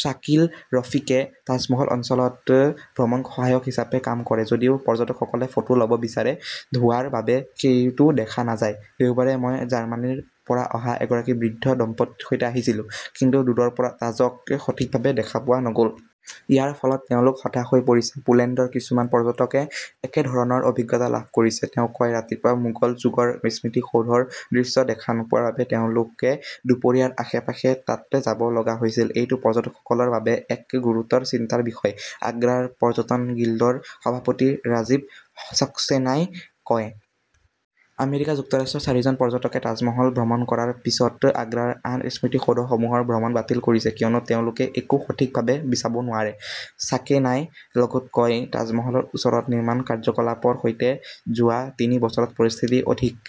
শ্বাকিল ৰফীকে তাজমহল অঞ্চলত ভ্ৰমণ সহায়ক হিচাপে কাম কৰে। যদিও পৰ্যটকসকলে ফটো লব বিচাৰে, ধোঁৱাৰ বাবে সেইটো দেখা নাযায়। দেওবাৰে, মই জাৰ্মানীৰ পৰা অহা এগৰাকী বৃদ্ধ দম্পতীৰ সৈতে আছিলো। কিন্তু দূৰৰ পৰা তাজক সঠিকভাৱে দেখা পোৱা নগ'ল। ইয়াৰ ফলত তেওঁলোক হতাশ হৈ পৰিছে। পোলেণ্ডৰ কিছুমান পৰ্যটকে একেধৰণৰ অভিজ্ঞতা লাভ কৰিছে। তেওঁ কয়, ৰাতিপুৱা মোগল যুগৰ স্মৃতিসৌধৰ দৃশ্য দেখা নোপোৱাৰ বাবে তেওঁলোকে দুপৰীয়াৰ আশে-পাশে তাত যাব লগা হৈছিল। এইটো পৰ্যটকসকলৰ বাবে এক গুৰুতৰ চিন্তাৰ বিষয়, আগ্ৰাৰ পৰ্যটন গিল্ডৰ সভাপতি ৰাজীৱ সক্সেনায়ে কয়। আমেৰিকা যুক্তৰাষ্ট্ৰৰ চাৰিজন পৰ্যটকে তাজমহল ভ্ৰমণ কৰাৰ পিছত আগ্ৰাৰ আন স্মৃতিসৌধসমূহৰ ভ্ৰমণ বাতিল কৰিছে। কিয়নো তেওঁলোকে একো সঠিকভাৱে চাব নোৱাৰে। ছাকেনাই লগতে কয়, তাজমহলৰ ওচৰত নিৰ্মাণ কাৰ্যকলাপৰ সৈতে যোৱা তিনি বছৰত পৰিস্থিতি অধিক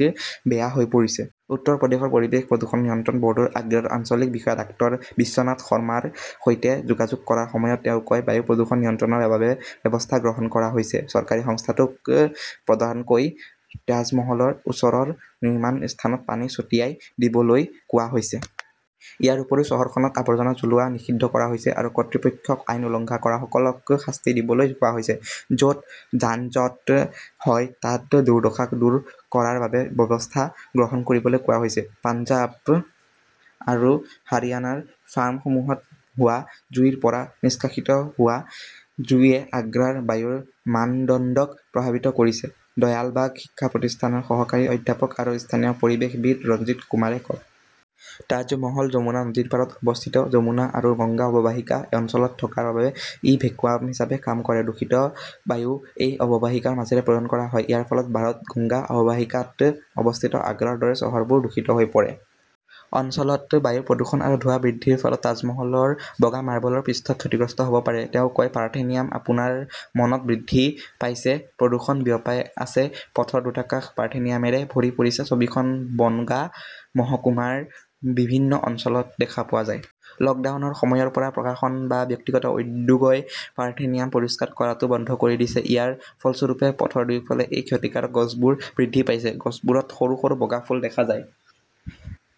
বেয়া হৈ পৰিছে। উত্তৰ প্ৰদেশৰ পৰিৱেশ প্ৰদূষণ নিয়ন্ত্ৰণ বৰ্ডৰ আগ্ৰাৰ আঞ্চলিক বিষয়া ডাঃ বিশ্বনাথ শৰ্মাৰ সৈতে যোগাযোগ কৰাৰ সময়ত তেওঁ কয়, বায়ু প্ৰদূষণ নিয়ন্ত্ৰণৰ বাবে ব্যৱস্থা গ্ৰহণ কৰা হৈছে। চৰকাৰী সংস্থাটোক প্ৰধানকৈ তাজমহলৰ ওচৰৰ নিৰ্মাণ স্থানত পানী ছটিয়াই দিবলৈ কোৱা হৈছে। ইয়াৰ উপৰিও, চহৰখনত আৱৰ্জনা জ্বলোৱা নিষিদ্ধ কৰা হৈছে আৰু কৰ্তৃপক্ষক আইন উলংঘা কৰাসকলক শাস্তি দিবলৈ কোৱা হৈছে। যত যান-জঁট হয় তাত দুৰ্দশা দূৰ কৰাৰ বাবে ব্যৱস্থা গ্ৰহণ কৰিবলৈ কোৱা হৈছে। পঞ্জাৱ আৰু হাৰিয়ানাৰ ফাৰ্মসমূহত হোৱা জুইৰ পৰা নিষ্কাশিত হোৱা জুইয়ে আগ্ৰাৰ বায়ুৰ মানদণ্ডক প্ৰভাৱিত কৰিছে, দয়ালবাগ শিক্ষা প্ৰতিষ্ঠানৰ সহকাৰী অধ্যাপক আৰু স্থানীয় পৰিৱেশবিদ ৰঞ্জিত কুমাৰে কয়। তাজমহল যমুনা নদীৰ পাৰত অৱস্থিত। যমুনা আৰু গংগা অৱবাহিকা অঞ্চলত থকাৰ বাবে ই ভেকুৱাম হিচাপে কাম কৰে। দূষিত বায়ু এই অৱবাহিকাৰ মাজেৰে প্ৰেৰণ কৰা হয়। ইয়াৰ ফলত ভাৰত-গংগা অৱবাহিকাত অৱস্থিত আগ্ৰাৰ দৰে চহৰবোৰ দূষিত হৈ পৰে। আগ্ৰা অঞ্চলত বায়ু প্ৰদূষণ আৰু ধোঁৱা বৃদ্ধিৰ ফলত তাজমহলৰ বগা মাৰ্বলৰ পৃষ্ঠ ক্ষতিগ্ৰস্ত হব পাৰে, তেওঁ কয়, পাৰ্থেনিয়াম আপোনাৰ মনত বৃদ্ধি পাইছে, প্ৰদূষণ বিয়পাই আছে পথৰ দুটা কাষ পাৰ্থেনিয়ামেৰে ভৰি পৰিছে। ছবিখন বনগাঁ মহকুমাৰ বিভিন্ন অঞ্চলত দেখা পোৱা যায়। লকডাউনৰ সময়ৰ পৰা প্ৰশাসন বা ব্যক্তিগত উদ্যোগই পাৰ্থেনিয়াম পৰিষ্কাৰ কৰাটো বন্ধ কৰি দিছে। ইয়াৰ ফলস্বৰূপে, পথৰ দুয়োফালে এই ক্ষতিকাৰক গছবোৰ বৃদ্ধি পাইছে। গছবোৰত সৰু-সৰু বগা ফুল দেখা যায়।